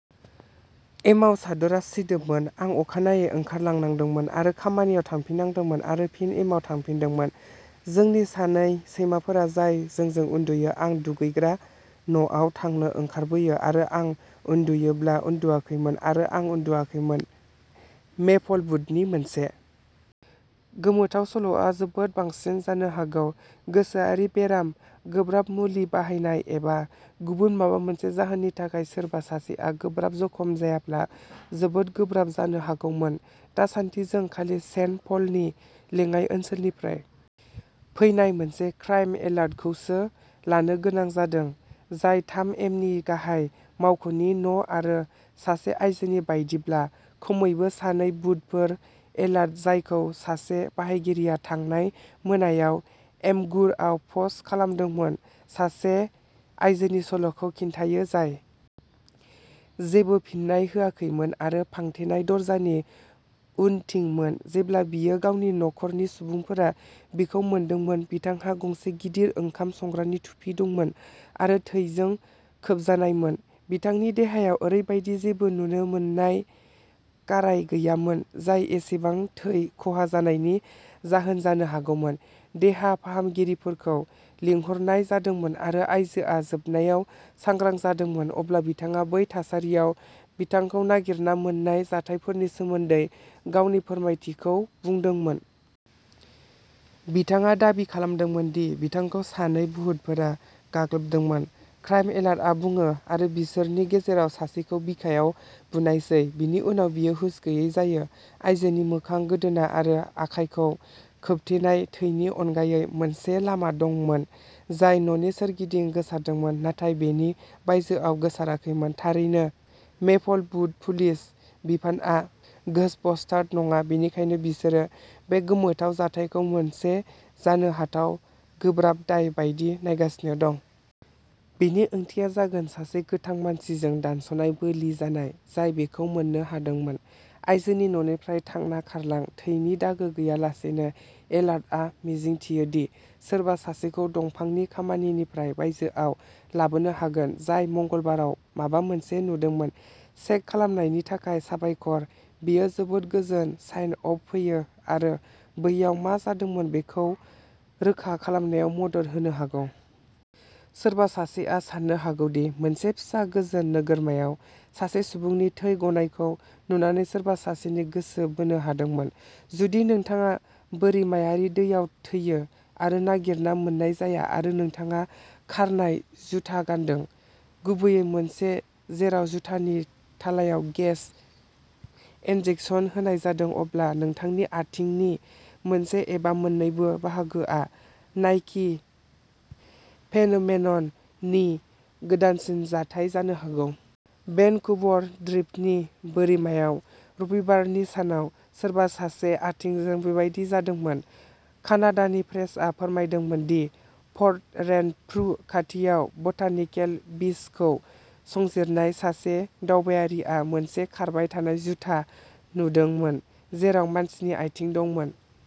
एमाव चादरा सिदोबमोन आं अखानायै ओंखारलांनांदोंमोन आरो खामानियाव थांफिननांदोंमोन आरो फिन एमाव थांफिनदोंमोन जोंनि सानै सैमाफोर जाय जोंजों उन्दुयो आं दुगैग्रा न'आव थांनो ओंखारबोयो आरो आं उन्दुयोब्लाबो उन्दुवाखैमोन आरो आं उन्दुयाखैमोन मेपलवुडनि मोनसे गोमोथाव सल'आ जोबोद बांसिन जानो हागौ गोसोआरि बेराम गोब्राब मुलि बाहायनाय एबा गुबुन माबा मोनसे जाहोननि थाखाय सोरबा सासेआ गोब्राब जखम जायाब्ला जोबोद गोब्राब जानो हागौमोन दासानदि जों खालि सेन्ट पलनि लेङाइ ओनसोलनिफ्राय फैनाय मोनसे क्राइम एलार्टखौसो लानो गोनां जादों जाय थाम एमनि गाहाय मावख'नि न'आरो सासे आइजोनि बायदिब्ला खमैबो सानै भुतफोर एलार्ट जायखौ सासे बाहायगिरिया थांनाय मोनायाव इमगुरआव पस्ट खालामदोंमोन सासे आयजोनि सल'खौ खिन्थायो जाय जेबो फिन्नाय होआखैमोन आरो फांथेनाय दरजानि उनथिंमोन जेब्ला बियो गावनि नखरनि सुबुंफोरा बिखौ मोनदोंमोन बिथांहा गंसे गिदिर ओंखाम संग्रानि थुफि दंमोन आरो थैजों खोबजानायमोन बिथांनि देहायाव ओरैबायदि जेबो नुनो मोननाय गाराय गैयामोन जाय एसेबां थै खहा जानायनि जाहोन जानो हागौमोन देहा फाहामगिरिफोरखौ लिंहरनाय जादोंमोन आरो आइजोआ जोबनायाव सांग्रां जादोंमोन अब्ला बिथाङा बै थासारियाव बिथांखौ नागिरना मोन्नाय जाथायफोरनि सोमोन्दै गावनि फोरमायथिखौ बुंदोंमोन। बिथाङा दाबि खालामदोंमोन दि बिथांखौ सानै भुहुत फोरा गाग्लोबदोंमोन क्राइम एलार्टआ बुङो आरो बिसोरनि गेजेराव सासेखौ बिखायाव बुनायसै बिनि उनाव बियो हुस गैयै जायो आइजोनि मोखां गोदोना आरो आखाइखौ खोबथेनाय थैनि अनगायै मोनसे लामा दंमोन जाय न'नि सोरगिदिं गोसारदोंमोन नाथाय बेनि बायजोआव गोसाराखैमोन थारैनो मेपलवुड पुलिस बिफानआ घोस्टबस्टार नङा बेनिखायनो बिसोरो बे गोमोथाव जाथायखौ मोनसे जानो हाथाव गोब्राब दाय बायदि नायगासिनो दं। बेनि ओंथिया जागोन सासे गोथां मानसिजों दानस'नाय बोलि जानाय जाय बेखौ मोननो हादोंमोन। आयजोनि न'निफ्राय थांना खारलां थैनि दागो गैयालासेनो एलार्टआ मिजिंथियो दि सोरबा सासेखौ दंफांनि खामानिनिफ्राय बायजोआव लाबोनो हागोन जाय मंगलबाराव माबा मोनसे नुदोंमोन चेक खालामनायनि थाखाय साबायखर बेयो जोबोद गोजोन साइन अफ फैयो आरो बैयाव मा जादोंमोन बेखौ रोखा खालामनायाव मदद होनो हागौ। सोरबा सासेआ साननो हागौ दि मोनसे फिसा गोजोन नोगोरमायाव सासे सुबुंनि थै गनायखौ नुनानै सोरबा सासेनि गोसो बोनो हादोंमोन। जुदि नोंथाङा बोरिमायारि दैयाव थैयो आरो नागिरना मोन्नाय जाया आरो नोंथाङा खारनाय जुथा गानदों गुबैयै मोनसे जेराव जुथानि थालायाव गेस इनजेकसन होनाय जादों अब्ला नोंथांनि आथिंनि मोनसे एबा मोन्नैबो बाहागोआ नाइकि फेनोमेनन नि गोदानसिन जाथाय जानो हागौ। भेन्कुवर द्रिपनि बोरिमायाव रबिबारनि सानाव सोरबा सासेनि आथिंजों बेबादि जादोंमोन। कानाडानि प्रेसआ फोरमायदोंमोन दि पर्ट रेनफ्रु खाथियाव बटानिकेल बीचखौ संजिरनाय सासे दावबायारिआ मोनसे खारबाय थानाय जुथा नुदोंमोन जेराव मानसिनि आयथिं दंमोन।